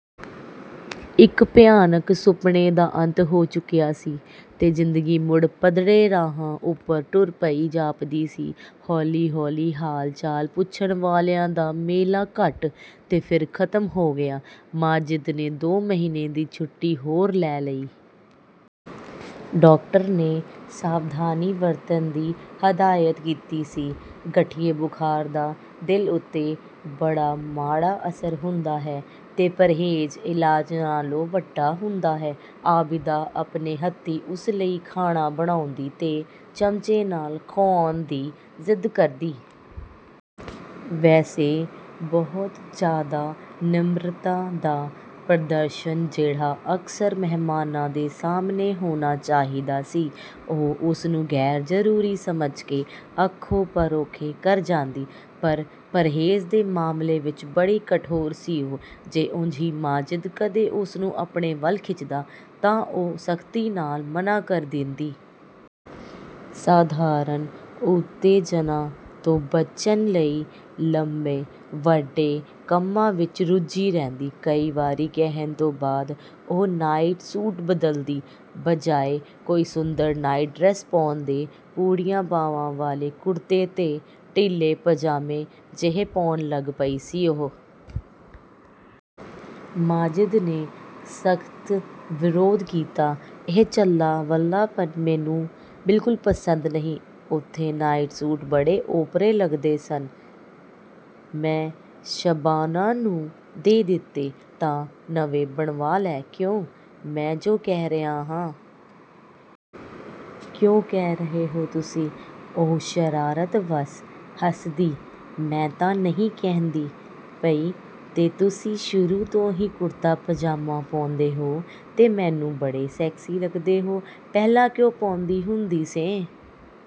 ਇੱਕ ਭਿਆਨਕ ਸੁਪਨੇ ਦਾ ਅੰਤ ਹੋ ਚੁੱਕਿਆ ਸੀ ਤੇ ਜ਼ਿੰਦਗੀ ਮੁੜ ਪੱਧਰੇ ਰਾਹਾਂ ਉੱਪਰ ਤੁਰ ਪਈ ਜਾਪਦੀ ਸੀ। ਹੌਲੀ-ਹੌਲੀ ਹਾਲ-ਚਾਲ ਪੁੱਛਣ ਵਾਲਿਆਂ ਦਾ ਮੇਲਾ ਘੱਟ, ਤੇ ਫਿਰ ਖ਼ਤਮ ਹੋ ਗਿਆ। ਮਾਜਿਦ ਨੇ ਦੋ ਮਹੀਨੇ ਦੀ ਛੁੱਟੀ ਹੋਰ ਲੈ ਲਈ। ਡਾਕਟਰ ਨੇ ਸਾਵਧਾਨੀ ਵਰਤਣ ਦੀ ਹਦਾਇਤ ਕੀਤੀ ਸੀ। ਗਠੀਏ ਬੁਖਾਰ ਦਾ ਦਿਲ ਉੱਤੇ ਬੜਾ ਮਾੜਾ ਅਸਰ ਹੁੰਦਾ ਹੈ ਤੇ ਪ੍ਰਹੇਜ਼, ਇਲਾਜ਼ ਨਾਲੋਂ ਵੱਡਾ ਹੁੰਦਾ ਹੈ। ਆਬਿਦਾ ਆਪਣੇ ਹੱਥੀਂ ਉਸ ਲਈ ਖਾਣਾ ਬਣਾਉਂਦੀ ਤੇ ਚਮਚੇ ਨਾਲ ਖੁਆਉਣ ਦੀ ਜ਼ਿੱਦ ਕਰਦੀ। ਵੈਸੇ, ਬਹੁਤ ਜ਼ਿਆਦਾ ਨਿਮਰਤਾ ਦਾ ਪ੍ਰਦਰਸ਼ਨ ਜਿਹੜਾ ਅਕਸਰ ਮਹਿਮਾਨਾਂ ਦੇ ਸਾਹਮਣੇ ਹੋਣਾ ਚਾਹੀਦਾ ਸੀ, ਉਹ ਉਸਨੂੰ ਗ਼ੈਰਜ਼ਰੂਰੀ ਸਮਝ ਕੇ ਅੱਖੋਂ ਪਰੋਖੇ ਕਰ ਜਾਂਦੀ। ਪਰ ਪ੍ਰਹੇਜ਼ ਦੇ ਮਾਮਲੇ ਵਿੱਚ ਬੜੀ ਕਠੋਰ ਸੀ ਉਹ। ਜੇ ਉਂਜ ਹੀ ਮਾਜਿਦ ਕਦੇ ਉਸਨੂੰ ਆਪਣੇ ਵੱਲ ਖਿੱਚਦਾ ਤਾਂ ਉਹ ਸਖ਼ਤੀ ਨਾਲ ਮਨ੍ਹਾਂ ਕਰ ਦੇਂਦੀ। ਸਾਧਾਰਨ ਉਤੇਜਨਾ ਤੋਂ ਬਚਣ ਲਈ, ਲੰਮੇ-ਵੱਡੇ ਕੰਮਾਂ ਵਿੱਚ ਰੁੱਝੀ ਰਹਿੰਦੀ। ਕਈ ਵਾਰੀ ਕਹਿਣ ਤੋਂ ਬਾਅਦ ਉਹ ਨਾਈਟ ਸੂਟ ਬਦਲਦੀ। ਬਜਾਏ ਕੋਈ ਸੁੰਦਰ ਨਾਈਟ-ਡਰੈਸ ਪਾਉਣ ਦੇ, ਪੂਰੀਆਂ ਬਾਹਾਂ ਵਾਲੇ ਕੁਰਤੇ ਤੇ ਢਿੱਲੇ ਪਾਜਾਮੇ ਜਿਹੇ ਪਾਉਣ ਲੱਗ ਪਈ ਸੀ ਉਹ। ਮਾਜਿਦ ਨੇ ਸਖ਼ਤ ਵਿਰੋਧ ਕੀਤਾ। "ਇਹ ਝੱਲ-ਵਲੱਲਾਪਣ ਮੈਨੂੰ ਬਿਲਕੁਲ ਪਸੰਦ ਨਹੀਂ।" "ਉੱਥੇ ਨਾਈਟ ਸੂਟ ਬੜੇ ਓਪਰੇ ਲੱਗਦੇ ਸਨ, ਮੈਂ ਸ਼ਬਾਨਾ ਨੂੰ ਦੇ ਦਿੱਤੇ।" "ਤਾਂ ਨਵੇਂ ਬਣਵਾ ਲੈ।" "ਕਿਉਂ?" "ਮੈਂ ਜੋ ਕਹਿ ਰਿਹਾ ਹਾਂ।" "ਕਿਉਂ ਕਹਿ ਰਹੇ ਹੋ ਤੁਸੀਂ?" ਉਹ ਸ਼ਰਾਰਤ ਵੱਸ ਹੱਸਦੀ, "ਮੈਂ ਤਾਂ ਨਹੀਂ ਕਹਿੰਦੀ ਪਈ, ਤੇ ਤੁਸੀਂ ਸ਼ੁਰੂ ਤੋਂ ਹੀ ਕੁਰਤਾ ਪਾਜਾਮਾ ਪਾਉਂਦੇ ਹੋ, ਤੇ ਮੈਨੂੰ ਬੜੇ ਸੈਕਸੀ ਲੱਗਦੇ ਹੋ!" "ਪਹਿਲਾਂ ਕਿਉਂ ਪਾਉਂਦੀ ਹੁੰਦੀ ਸੈਂ?"